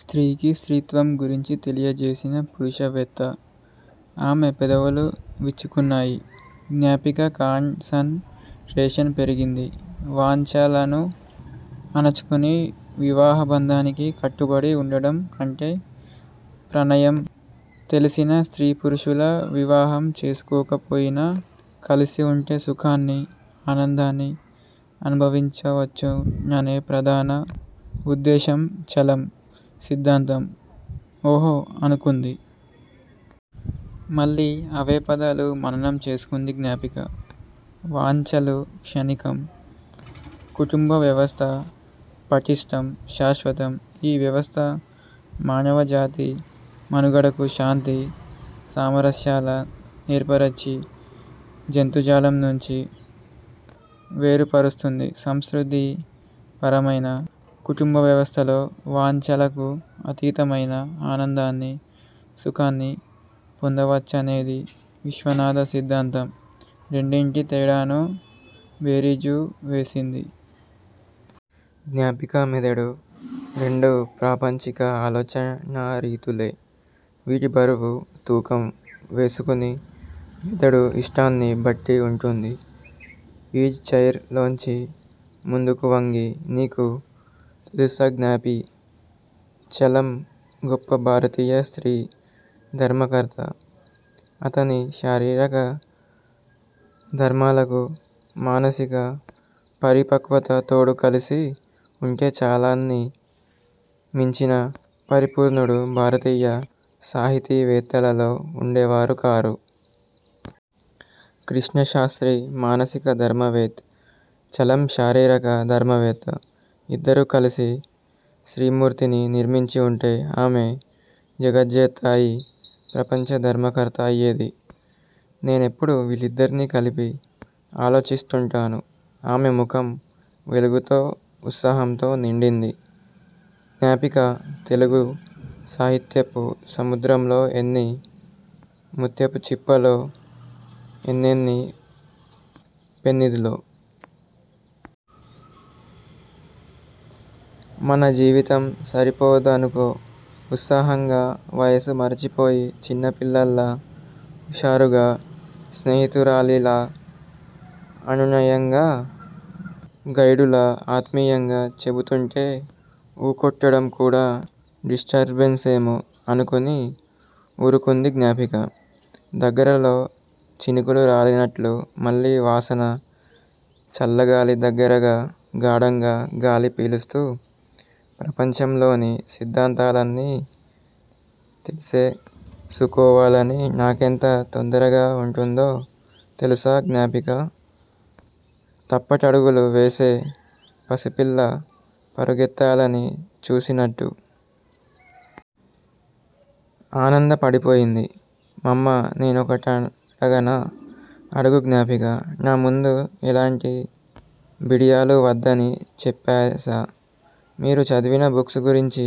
స్త్రీకి స్త్రీత్వం గురించి తెలియచేసిన పురుషవేత్త! ఆమె పెదవులు విచ్చుకున్నాయి. జ్ఞాపిక కాన్ సన్ ట్రేషన్ పెరిగింది. వాంఛలను అణచుకుని వివాహబంధానికి కట్టుబడి ఉండడం కంటే ప్రణయం తెలిసిన స్త్రీపురుషుల వివాహం చేసుకోకపోయినా కలిసిఉంటే సుఖాన్నీ, ఆనందాన్నీ అనుభవించవచ్చుననే ప్రధాన ఉద్దేశం చలం సిద్దాంతం! ఓహొఁ అనుకుంది. మళ్లీ అవే పదాలు మననం చేసుకుంది జ్ఞాపిక. వాంఛలు క్షణికం! కుటుంబవ్యవస్థ పట్టిష్టం, శాశ్వతం! ఈ వ్యవస్థ మానవజాతి మనుగడకు శాంతి సామరస్యాల నేర్పరచి జంతుజాలం నుంచి వేరుపరుస్తుంది. సంస్కృథీ పరమైన కుటుంబవ్యవస్థలో వాంఛలకు అతీతమైన ఆనందాన్నీ, సుఖాన్నీ పొందవచ్చనేది విశ్వనాథ సిద్దాంతం! రెండింటి తేడాను బేరీజు వేసింది. జ్ఞాపిక మెదడు. రెండూ ప్రాపంచిక ఆలోచనారీతులే! వీటి బరువు, తూకం వేసుకుని మెదడు ఇష్టాన్ని బట్టి ఉంటుంది! ఈజ్ చైర్ లోంచి ముందుకువంగి, నీకు తెలుసా జ్ఞాపీ! చలం గొప్ప భారతీయ స్త్రీ ధర్మకర్త! అతని శారీరకధర్మాలకు మానసిక పరిపక్వత తోడు కలిసి ఉంటే చాలాన్ని మించిన పరిపూర్ణుడు భారతీయ సాహితీవేత్తలలో ఉండేవారు కారు! కృష్ణశాస్త్రి మానసిక ధర్మవేత్ చలం శారీరక ధర్మవేత్త! ఇద్దరూ కలిసి స్త్రీమూర్తిని నిర్మించి ఉంటే ఆమె జగజ్జేత అయి ప్రపంచ ధర్మకర్త అయ్యేది. నేనెప్పుడూ వీళ్ళిద్దర్నీ కలిపి ఆలోచిస్తుంటాను ఆమె ముఖం వెలుగుతో ఉత్సాహంతో నిండింది. జ్ఞాపికా తెలుగు సాహిత్యపు సముద్రంలో ఎన్ని ముత్యపుచిప్పలో, ఎన్నెన్ని పెన్నిధులో! మన జీవితం సరిపొదనుకో! ఉత్సాహంగా, వయసు మరచిపోయి చిన్నపిల్లలా, ఉషారుగా, స్నేహితురాలిలా అనునయంగా, గైడులా, ఆత్మీయంగా చెబుతుంటే ఊకొట్టడం కూడా డిస్టర్బెన్సేమో అనుకుని ఊరుకుంది జ్ఞాపిక. దగ్గరలో చినుకులు రాలినట్లు మళ్లీ వాసన, చల్లగాలి దగ్గరగా! గాఢంగా గాలి పీలుస్తూ ప్రపంచంలోని సిద్దాంతాలన్నీ తెలుసేసుకోవాలని నాకెంత తొందరగా ఉంటుందో తెలుసా జ్ఞాపికా- తప్పటడుగులు వేసే పసిపిల్ల పరుగెత్తాలని చూసినట్టు! ఆనందపడిపోయింది. మమ్మా నేనొకటడగనా? అడుగు జ్ఞాపికా! నా ముందు ఎలాంటి బిడియాలూ వద్దని చెప్పాస! మీరు చదివిన బుక్స్ గురించీ,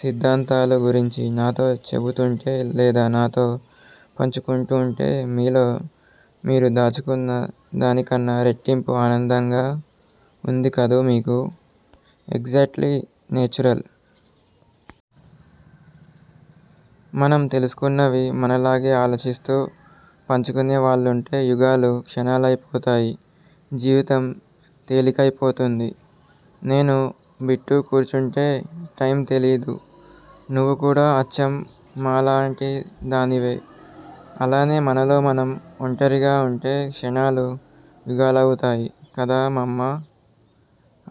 సిద్దాంతాలూ గురించీ నాతో చెబుతుంటే, లేదా నాతో పంచుకుంటూంటే మీలో మీరు దాచుకున్న దానికన్నా రెట్టింపు ఆనందంగా ఉంది కదూ మీకు! ఎగ్జాట్లీ! నేచురల్! మనం తెలుసుకున్నవి మనలాగే ఆలోచిస్తూ పంచుకునే వాళ్ళుంటే యుగాలు క్షణాలయిపోతాయి. జీవితం తేలికయిపోతుంది. నేనూ, బిట్టూ కూర్చుంటే టైమ్ తెలీదు. నువ్వు కూడా అచ్చం మాలాంటిదానివే! అలానే మనలో మనం ఒంటరిగా ఉంటే- క్షణాలు యుగాలవుతాయి కదా మమ్మా!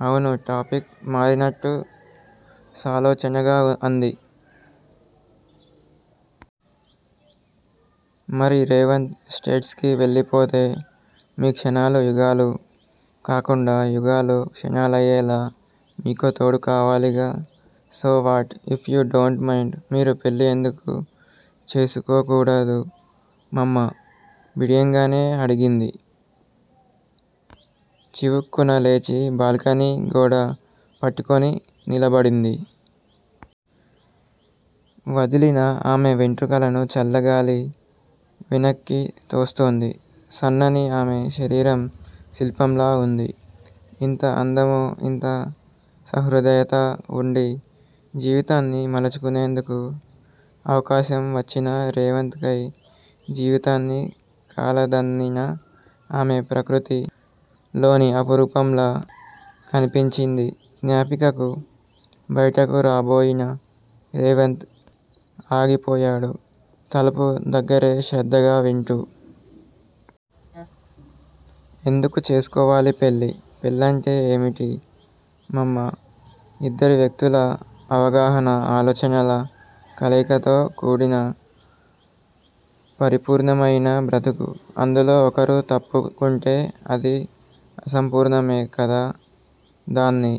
అవును టాపిక్ మారినట్టు సాలోచనగా అంది. మరి- రేవంత్ స్టేట్స్ కి వెళ్లిపోతే మీ క్షణాలు యుగాలు కాకుండా, యుగాలు క్షణాలయ్యేలా మీకో తోడు కావాలిగా! So what? If you don't mind మీరు పెళ్ళి ఎందుకు చేసుకోకూడదు మమ్మా! బిడియంగానే అడిగింది. చివుక్కున లేచి బాల్కనీ గోడ పట్టుకుని నిలబడింది. వదిలిన ఆమె వెంట్రుకలను చల్లగాలి వెనక్కితోస్తోంది. సన్నని ఆమె శరీరం శిల్పంలా ఉంది. ఇంత అందమూ, ఇంత సహృదయతా వుండీ జీవితాన్ని మలచుకునేందుకు అవకాశం వచ్చినా రేవంత్ కై జీవితాన్ని కాలదన్నిన ఆమె- ప్రకృతి లోని అపురూపంలా కనిపించింది జ్ఞాపికకు. బయటకు రాబోయిన రేవంత్ ఆగిపోయాడు తలుపు దగ్గరే- శ్రద్దగా వింటూ! ఎందుకు చేసుకోవాలి పెళ్ళి? పెళ్ళంటే ఏవిటి మమ్మా? ఇద్దరి వ్యక్తుల అవగాహన, ఆలోచనల కలయికతో కూడిన పరిపూర్ణమయిన బ్రతుకు! అందులో ఒకరు తప్పుకుంటే అది అసంపూర్ణమే కదా! దాన్ని